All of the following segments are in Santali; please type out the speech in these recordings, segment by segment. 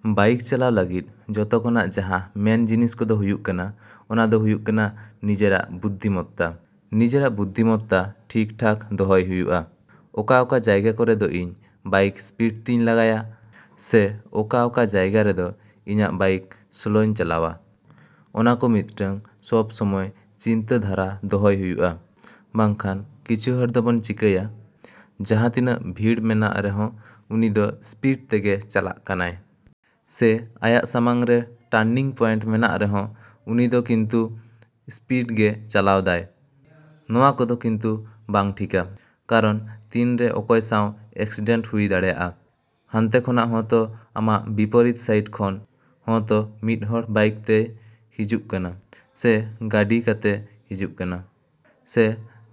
ᱵᱟᱭᱤᱠ ᱪᱟᱞᱟᱣ ᱞᱟᱹᱜᱤᱫ ᱡᱚᱛᱚ ᱠᱷᱚᱱᱟᱜ ᱡᱟᱦᱟᱸ ᱢᱮᱱ ᱡᱤᱱᱤᱥ ᱠᱚᱫᱚ ᱦᱩᱭᱩᱜ ᱠᱟᱱᱟ, ᱚᱱᱟ ᱫᱚ ᱦᱩᱭᱩᱜ ᱠᱟᱱᱟ ᱱᱤᱡᱮᱨᱟᱜ ᱵᱩᱫᱽᱫᱷᱤᱢᱚᱛᱛᱟ᱾ ᱱᱤᱡᱮᱨᱟᱜ ᱵᱩᱫᱽᱫᱷᱤᱢᱚᱛᱛᱟ, ᱴᱷᱤᱠ-ᱴᱷᱟᱠ ᱫᱚᱦᱚᱭ ᱦᱩᱭᱩᱜᱼᱟ᱾ ᱚᱠᱟ ᱚᱠᱟ ᱡᱟᱭᱜᱟ ᱠᱚᱨᱮ ᱫᱚ ᱤᱧ ᱵᱟᱭᱤᱠ ᱤᱥᱯᱤᱰ ᱛᱮᱧ ᱞᱟᱜᱟᱭᱟ, ᱥᱮ ᱚᱠᱟ ᱚᱠᱟ ᱡᱟᱭᱜᱟ ᱨᱮᱫᱚ ᱤᱧᱟᱹᱜ ᱵᱟᱭᱤᱠ ᱥᱞᱳᱧ ᱪᱟᱞᱟᱣᱟ, ᱚᱱᱟ ᱠᱚ ᱢᱤᱫᱴᱟᱝ ᱥᱚᱵ ᱥᱚᱢᱚᱭ ᱪᱤᱱᱛᱟᱹ ᱫᱷᱟᱨᱟ ᱫᱚᱦᱚᱭ ᱦᱩᱭᱩᱜᱼᱟ, ᱵᱟᱝ ᱠᱷᱟᱱ ᱠᱤᱪᱷᱩ ᱦᱚᱲ ᱫᱚᱵᱚᱱ ᱪᱮᱠᱟᱭᱟ, ᱡᱟᱦᱟᱸᱛᱤᱱᱟᱹᱜ ᱵᱷᱤᱲ ᱢᱮᱱᱟᱜ ᱨᱮᱦᱚᱸ ᱩᱱᱤ ᱫᱚ ᱤᱥᱯᱤᱰ ᱛᱮᱜᱮ ᱪᱟᱞᱟᱜ ᱠᱟᱱᱟᱭ᱾ ᱥᱮ ᱟᱭᱟᱜ ᱥᱟᱢᱟᱝ ᱨᱮ ᱴᱟᱨᱱᱤᱝ ᱯᱚᱭᱮᱱᱴ ᱢᱮᱱᱟᱜ ᱨᱮᱦᱚᱸ ᱩᱱᱤ ᱫᱚ ᱠᱤᱱᱛᱩ ᱤᱥᱯᱤᱰ ᱜᱮ ᱪᱟᱞᱟᱣ ᱫᱟᱭ, ᱱᱚᱣᱟ ᱠᱚᱫᱚ ᱠᱤᱱᱛᱩ ᱵᱟᱝ ᱴᱷᱤᱠᱟ᱾ ᱠᱟᱨᱚᱱ ᱛᱤᱱ ᱨᱮ ᱚᱠᱚᱭ ᱥᱟᱶ ᱮᱠᱥᱤᱰᱮᱱᱴ ᱦᱩᱭ ᱫᱟᱲᱮᱭᱟᱜᱼᱟ, ᱦᱟᱱᱛᱮ ᱠᱷᱚᱱᱟᱜ ᱦᱚᱸᱛᱚ ᱟᱢᱟᱜ ᱵᱤᱯᱚᱨᱤᱛ ᱥᱟᱭᱤᱰ ᱠᱷᱚᱱ ᱦᱚᱸᱛᱚ ᱢᱤᱫ ᱦᱚᱲ ᱵᱟᱭᱤᱠ ᱛᱮᱭ ᱦᱤᱡᱩᱜ ᱠᱟᱱᱟ ᱥᱮ ᱜᱟᱹᱰᱤ ᱠᱚᱛᱮᱭ ᱦᱤᱡᱩᱜ ᱠᱟᱱᱟ, ᱥᱮ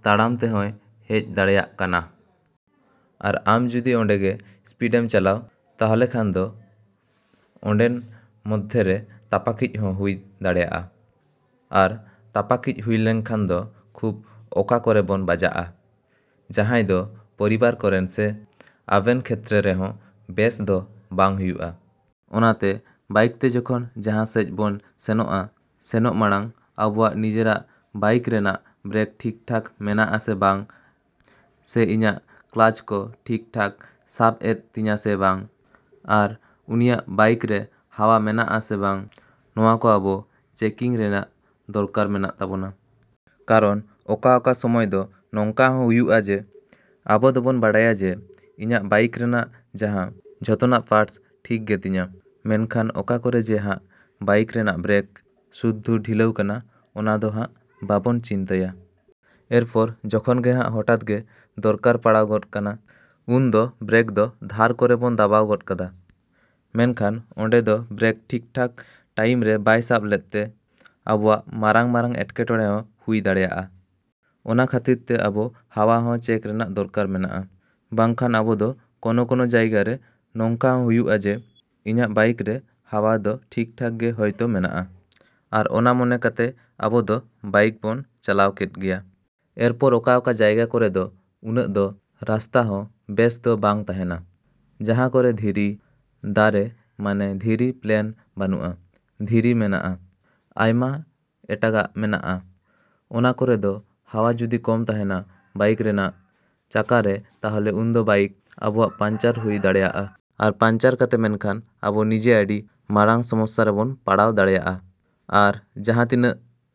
ᱛᱟᱲᱟᱢ ᱛᱮᱦᱚᱸᱭ ᱦᱤᱡ ᱫᱟᱲᱮᱭᱟᱜ ᱠᱟᱱᱟ᱾ ᱟᱨ ᱟᱢ ᱡᱩᱫᱤ ᱚᱸᱰᱮ ᱜᱮ ᱤᱥᱯᱤᱰᱮᱢ ᱪᱟᱞᱟᱣ ᱛᱟᱦᱚᱞᱮ ᱠᱷᱟᱱ ᱫᱚ ᱟᱵᱮᱱ ᱢᱚᱫᱽᱫᱷᱮ ᱨᱮ ᱛᱟᱯᱟᱠᱤᱡ ᱦᱚᱸ ᱦᱩᱭ ᱫᱟᱲᱮᱭᱟᱜᱼᱟ, ᱟᱨ ᱛᱟᱯᱟᱠᱤᱡ ᱦᱩᱭ ᱞᱮᱱᱠᱷᱟᱱ ᱫᱚ ᱠᱷᱩᱵ ᱚᱠᱟ ᱠᱚᱨᱮ ᱵᱮᱱ ᱵᱟᱡᱟᱜᱼᱟ, ᱡᱟᱦᱟᱸᱭ ᱫᱚ ᱯᱚᱨᱤᱵᱟᱨ ᱠᱷᱮᱛᱨᱮ ᱥᱮ ᱟᱵᱮᱱ ᱠᱷᱮᱛᱨᱮ ᱨᱮᱦᱚᱸ ᱵᱮᱥ ᱫᱚ ᱵᱟᱝ ᱦᱩᱭᱩᱜᱼᱟ᱾ ᱚᱱᱟᱛᱮ ᱵᱟᱭᱤᱠ ᱛᱮ ᱡᱚᱠᱷᱚᱱ ᱡᱟᱦᱟᱸ ᱥᱮᱡ ᱵᱚᱱ ᱥᱮᱱᱚᱜᱼᱟ, ᱥᱮᱱᱚᱜ ᱢᱟᱲᱟᱝ ᱟᱵᱚᱣᱟᱜ ᱱᱤᱡᱮᱨᱟᱜ ᱵᱟᱭᱤᱠ ᱨᱮᱱᱟᱜ ᱵᱨᱮᱠ ᱴᱷᱤᱠ-ᱴᱷᱟᱠ ᱢᱮᱱᱟᱜᱼᱟ ᱥᱮ ᱵᱟᱝ ᱥᱮ ᱤᱧᱟᱹᱜ ᱠᱞᱟᱡᱽ ᱠᱚ ᱴᱷᱤᱠ-ᱴᱷᱟᱠᱮ ᱥᱟᱵ ᱮᱫ ᱛᱤᱧᱟᱹ ᱥᱮ ᱵᱟᱝ ᱟᱨ ᱩᱱᱤᱭᱟᱜ ᱵᱟᱭᱤᱠ ᱨᱮ ᱦᱟᱣᱟ ᱢᱮᱱᱟᱜᱼᱟ ᱥᱮ ᱵᱟᱝ, ᱱᱚᱣᱟ ᱠᱚ ᱟᱵᱚ ᱪᱮᱠᱤᱝ ᱨᱮᱱᱟᱜ ᱫᱚᱨᱠᱟᱨ ᱢᱮᱱᱟᱜ ᱛᱟᱵᱚᱱᱟ᱾ ᱠᱟᱨᱚᱱ ᱚᱠᱟ ᱚᱠᱟ ᱥᱚᱢᱚᱭ ᱫᱚ ᱱᱚᱝᱠᱟ ᱦᱚᱸ ᱦᱩᱭᱩᱜᱼᱟ ᱡᱮ, ᱟᱵᱚ ᱫᱚᱵᱚᱱ ᱵᱟᱲᱟᱭᱟ ᱡᱮ, ᱤᱧᱟᱹᱜ ᱵᱟᱭᱤᱠ ᱨᱮᱱᱟᱜ ᱡᱟᱦᱟᱸ ᱡᱚᱛᱚᱱᱟᱜ ᱯᱟᱨᱴᱥ ᱴᱷᱤᱠ ᱜᱮᱛᱤᱧᱟ᱾ ᱢᱮᱱᱠᱷᱟᱱ ᱚᱠᱟ ᱠᱚᱨᱮ ᱡᱮ ᱦᱟᱸᱜ ᱵᱟᱭᱤᱠ ᱨᱮᱱᱟᱜ ᱵᱨᱮᱠ ᱥᱩᱫᱽᱫᱷᱳ ᱰᱷᱤᱞᱟᱹᱣᱠᱟᱱᱟ ᱚᱱᱟ ᱫᱚ ᱦᱟᱸᱜ ᱵᱟᱵᱚᱱ ᱪᱤᱱᱛᱟᱹᱭᱟ᱾ ᱮᱨ ᱯᱚᱨ ᱡᱚᱠᱷᱚᱱ ᱜᱮ ᱦᱟᱸᱜ ᱦᱚᱴᱟᱛ ᱜᱮ ᱫᱚᱨᱠᱟᱨ ᱯᱟᱲᱟᱣ ᱜᱚᱫ ᱠᱟᱱᱟ ᱩᱱ ᱫᱚ ᱵᱨᱮᱠ ᱫᱚ ᱫᱷᱟᱨ ᱠᱚᱨᱮ ᱵᱚᱱ ᱫᱟᱵᱟᱣ ᱜᱚᱫ ᱠᱟᱫᱟ᱾ ᱢᱮᱱᱠᱷᱟᱱ ᱚᱸᱰᱮ ᱵᱨᱮᱠ ᱫᱚ ᱴᱷᱤᱠ-ᱴᱷᱟᱠ ᱴᱟᱭᱤᱢ ᱨᱮ ᱵᱟᱭ ᱥᱟᱵ ᱞᱮᱫᱛᱮ ᱟᱵᱚᱣᱟᱜ ᱢᱟᱨᱟᱝ ᱢᱟᱨᱟᱝ ᱮᱴᱠᱮᱴᱚᱬᱮ ᱦᱚᱸ ᱦᱩᱭ ᱫᱟᱲᱮᱭᱟᱜᱼᱟ᱾ ᱚᱱᱟ ᱠᱷᱟᱹᱛᱤᱨ ᱛᱮ ᱟᱵᱚ ᱦᱟᱣᱟ ᱦᱚᱸ ᱪᱮᱠ ᱨᱮᱱᱟᱜ ᱫᱚᱨᱠᱟᱨ ᱢᱮᱱᱟᱜᱼᱟ ᱵᱟᱝᱠᱷᱟᱱ ᱟᱵᱚ ᱫᱚ ᱠᱳᱱᱳ ᱠᱳᱱᱳ ᱡᱟᱭᱜᱟ ᱨᱮ ᱱᱚᱝᱠᱟ ᱦᱚᱸ ᱦᱩᱭᱩᱜᱼᱟ ᱡᱮ, ᱤᱧᱟᱹᱜ ᱵᱟᱭᱤᱠ ᱨᱮ ᱦᱟᱣᱟ ᱫᱚ ᱴᱷᱤᱠ-ᱴᱷᱟᱠ ᱜᱮ ᱦᱳᱭᱛᱳ ᱢᱮᱱᱟᱜᱼᱟ᱾ ᱟᱨ ᱚᱱᱟ ᱢᱚᱱᱮ ᱠᱟᱛᱮ ᱟᱵᱚ ᱫᱚ ᱵᱟᱭᱤᱠ ᱵᱚᱱ ᱪᱟᱞᱟᱣ ᱠᱮᱫ ᱜᱮᱭᱟ᱾ ᱮᱨᱯᱚᱨ ᱚᱠᱟ ᱚᱠᱟ ᱡᱟᱭᱜᱟ ᱠᱚᱨᱮ ᱫᱚ ᱩᱱᱟᱹᱜ ᱫᱚ ᱨᱟᱥᱛᱟ ᱦᱚᱸ ᱵᱮᱥ ᱫᱚ ᱵᱟᱝ ᱛᱟᱦᱮᱱᱟ᱾ ᱡᱟᱦᱟᱸ ᱠᱚᱨᱮ ᱫᱷᱤᱨᱤ, ᱫᱟᱨᱮ ᱢᱟᱱᱮ ᱫᱷᱤᱨᱤ ᱯᱞᱮᱱ ᱵᱟᱹᱱᱩᱜᱼᱟ, ᱫᱷᱤᱨᱤ ᱢᱮᱱᱟᱜᱼᱟ᱾ ᱟᱭᱢᱟ ᱮᱴᱟᱜᱟᱜ ᱢᱮᱱᱟᱜᱼᱟ, ᱚᱱᱟ ᱠᱚᱨᱮ ᱫᱚ ᱦᱟᱣᱟ ᱡᱩᱫᱤ ᱠᱚᱢ ᱛᱟᱦᱮᱱᱟ ᱵᱟᱭᱤᱠ ᱨᱮᱱᱟᱜ ᱪᱟᱠᱟ ᱨᱮ ᱛᱟᱦᱚᱞᱮ ᱩᱱᱫᱚ ᱵᱟᱭᱤᱠ ᱟᱵᱚᱣᱟᱜ ᱯᱟᱱᱪᱟᱨ ᱦᱩᱭ ᱫᱟᱲᱭᱟᱜᱼᱟ᱾ ᱟᱨ ᱯᱟᱱᱪᱟᱨ ᱠᱟᱛᱮ ᱢᱮᱱᱠᱷᱟᱱ ᱟᱵᱚ ᱱᱤᱡᱮ ᱟᱹᱰᱤ ᱢᱟᱨᱟᱝ ᱥᱚᱢᱚᱥᱥᱟ ᱨᱮᱵᱚᱱ ᱯᱟᱲᱟᱣ ᱫᱟᱲᱮᱭᱟᱜᱼᱟ᱾ ᱟᱨ ᱡᱟᱦᱟᱸᱛᱤᱱᱟᱹᱜ